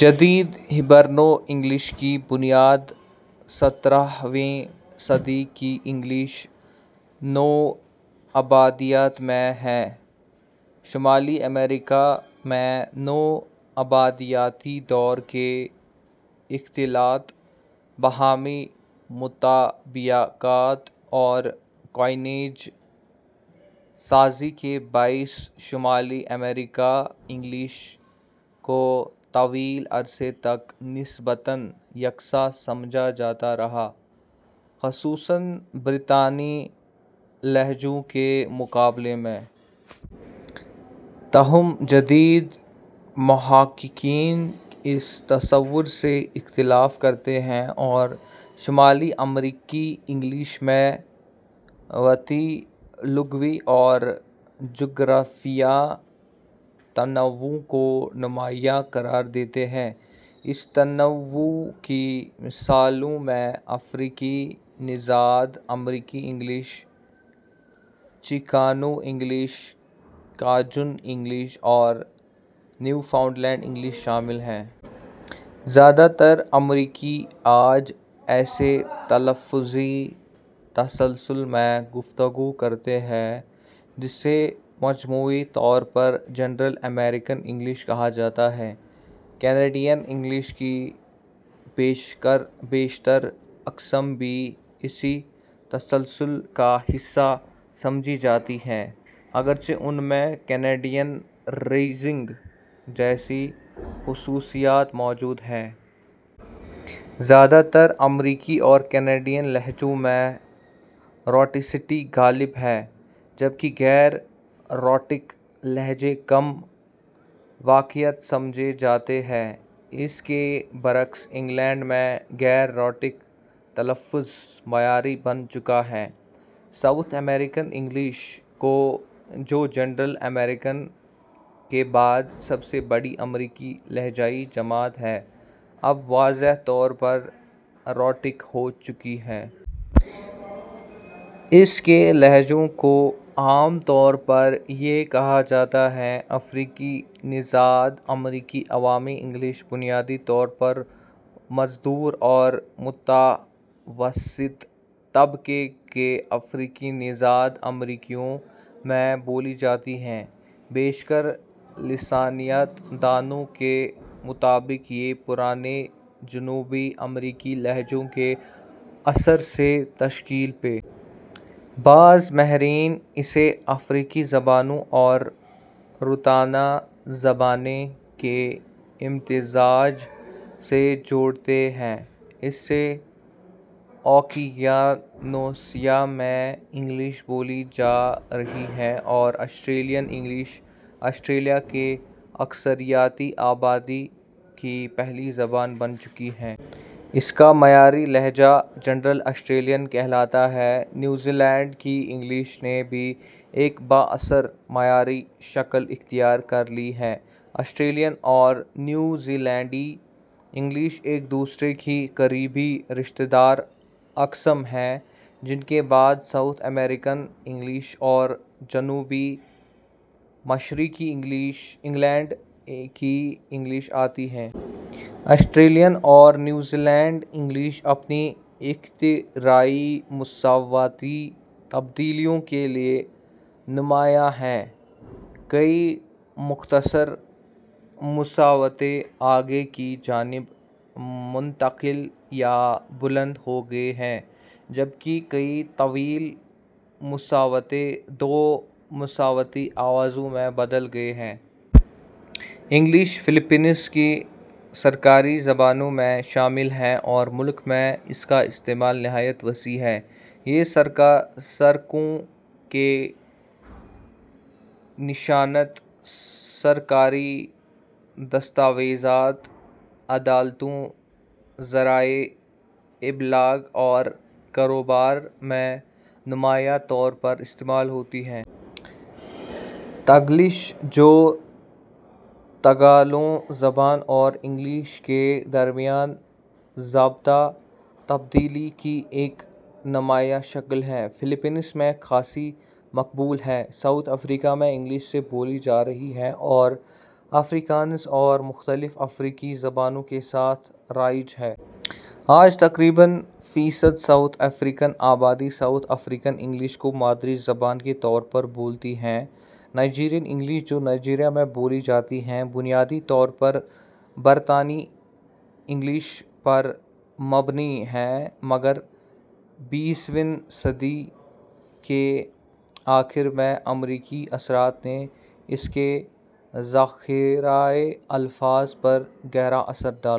جدید ہایبرنو-انگلش کی بنیاد سترھویں صدی کی انگریزی نوآبادیات میں ہے۔ شمالی امریکا میں نوآبادیاتی دور کے اختلاط، باہمی موافقت اور کوئنے سازی کے باعث شمالی امریکی انگریزی کو طویل عرصے تک نسبتاً یکساں سمجھا جاتا رہا، خصوصاً برطانوی لہجوں کے مقابلے میں۔ تاہم جدید محققین اس تصور سے اختلاف کرتے ہیں اور شمالی امریکی انگریزی میں صوتی، لغوی اور جغرافیائی تنوع کو نمایاں قرار دیتے ہیں۔ اس تنوع کی مثالوں میں افریقی نژاد امریکی انگریزی ، چیکانو انگریزی ، کیجن انگریزی اور نیو فاؤنڈ لینڈ انگریزی شامل ہیں۔ زیادہ تر امریکی آج ایسے تلفظی تسلسل میں گفتگو کرتے ہیں جسے مجموعی طور پر جنرل امریکن انگریزی کہا جاتا ہے۔ کینیڈین انگریزی کی بیشتر اقسام بھی اسی تسلسل کا حصہ سمجھی جاتی ہیں، اگرچہ ان میں کینیڈین ریزنگ جیسی خصوصیات موجود ہیں۔ زیادہ تر امریکی اور کینیڈین لہجوں میں روٹیسٹی غالب ہے، جبکہ غیر روٹک لہجے کم وقعت سمجھے جاتے ہیں۔ اس کے برعکس انگلستان میں غیر روٹک تلفظ معیاری بن چکا ہے۔ جنوبی امریکی انگریزی ، جو جنرل امریکن کے بعد سب سے بڑی امریکی لہجائی جماعت ہے، اب واضح طور پر روٹک ہو چکی ہے۔ اس کے لہجوں کو عموماً یا کہا جاتا ہے۔ افریقی نژاد امریکی عوامی انگریزی بنیادی طور پر مزدور اور متوسط طبقے کے افریقی نژاد امریکیوں میں بولی جاتی ہے۔ بیشتر لسانیات دانوں کے مطابق یہ پرانے جنوبی امریکی لہجوں کے اثر سے تشکیل پائی۔ بعض ماہرین اسے افریقی زبانوں اور رطانہ زبانیں کے امتزاج سے جوڑتے ہیں۔ ء سے اوقیانوسیہ میں انگریزی بولی جا رہی ہے اور آسٹریلوی انگریزی آسٹریلیا کی اکثریتی آبادی کی پہلی زبان بن چکی ہے۔ اس کا معیاری لہجہ جنرل آسٹریلین کہلاتا ہے۔ نیوزی لینڈ کی انگریزی نے بھی ایک بااثر معیاری شکل اختیار کر لی ہے۔ آسٹریلوی اور نیوزی لینڈی انگریزی ایک دوسرے کی قریبی رشتہ دار اقسام ہیں، جن کے بعد جنوبی افریقی انگریزی اور جنوب مشرقی انگلستان کی انگریزی آتی ہیں۔ آسٹریلوی اور نیوزی لینڈی انگریزی اپنی اختراعی مصوتی تبدیلیوں کے لیے نمایاں ہیں۔ کئی مختصر مصوتے آگے کی جانب منتقل یا بلند ہو گئے ہیں، جبکہ کئی طویل مصوتے دو مصوتی آوازوں میں بدل گئے ہیں۔ انگریزی فلپائن کی سرکاری زبانوں میں شامل ہے اور ملک میں اس کا استعمال نہایت وسیع ہے۔ یہ سڑکوں کے نشانات، سرکاری دستاویزات، عدالتوں، ذرائع ابلاغ اور کاروبار میں نمایاں طور پر استعمال ہوتی ہے۔ ٹیگلیش ، جو تگالوگ زبان اور انگریزی کے درمیان ضابطہ تبدیلی کی ایک نمایاں شکل ہے، فلپائن میں خاصی مقبول ہے۔ جنوبی افریقا میں انگریزی ء سے بولی جا رہی ہے اور افریکانس اور مختلف افریقی زبانوں کے ساتھ رائج ہے۔ آج تقریباً فیصد جنوبی افریقی آبادی جنوبی افریقی انگریزی کو مادری زبان کے طور پر بولتی ہے۔ ۔ نائجیریائی انگریزی ، جو نائجیریا میں بولی جاتی ہے، بنیادی طور پر برطانوی انگریزی پر مبنی ہے، مگر بیسویں صدی کے اواخر میں امریکی اثرات نے اس کے ذخیرہ الفاظ پر گہرا اثر ڈالا۔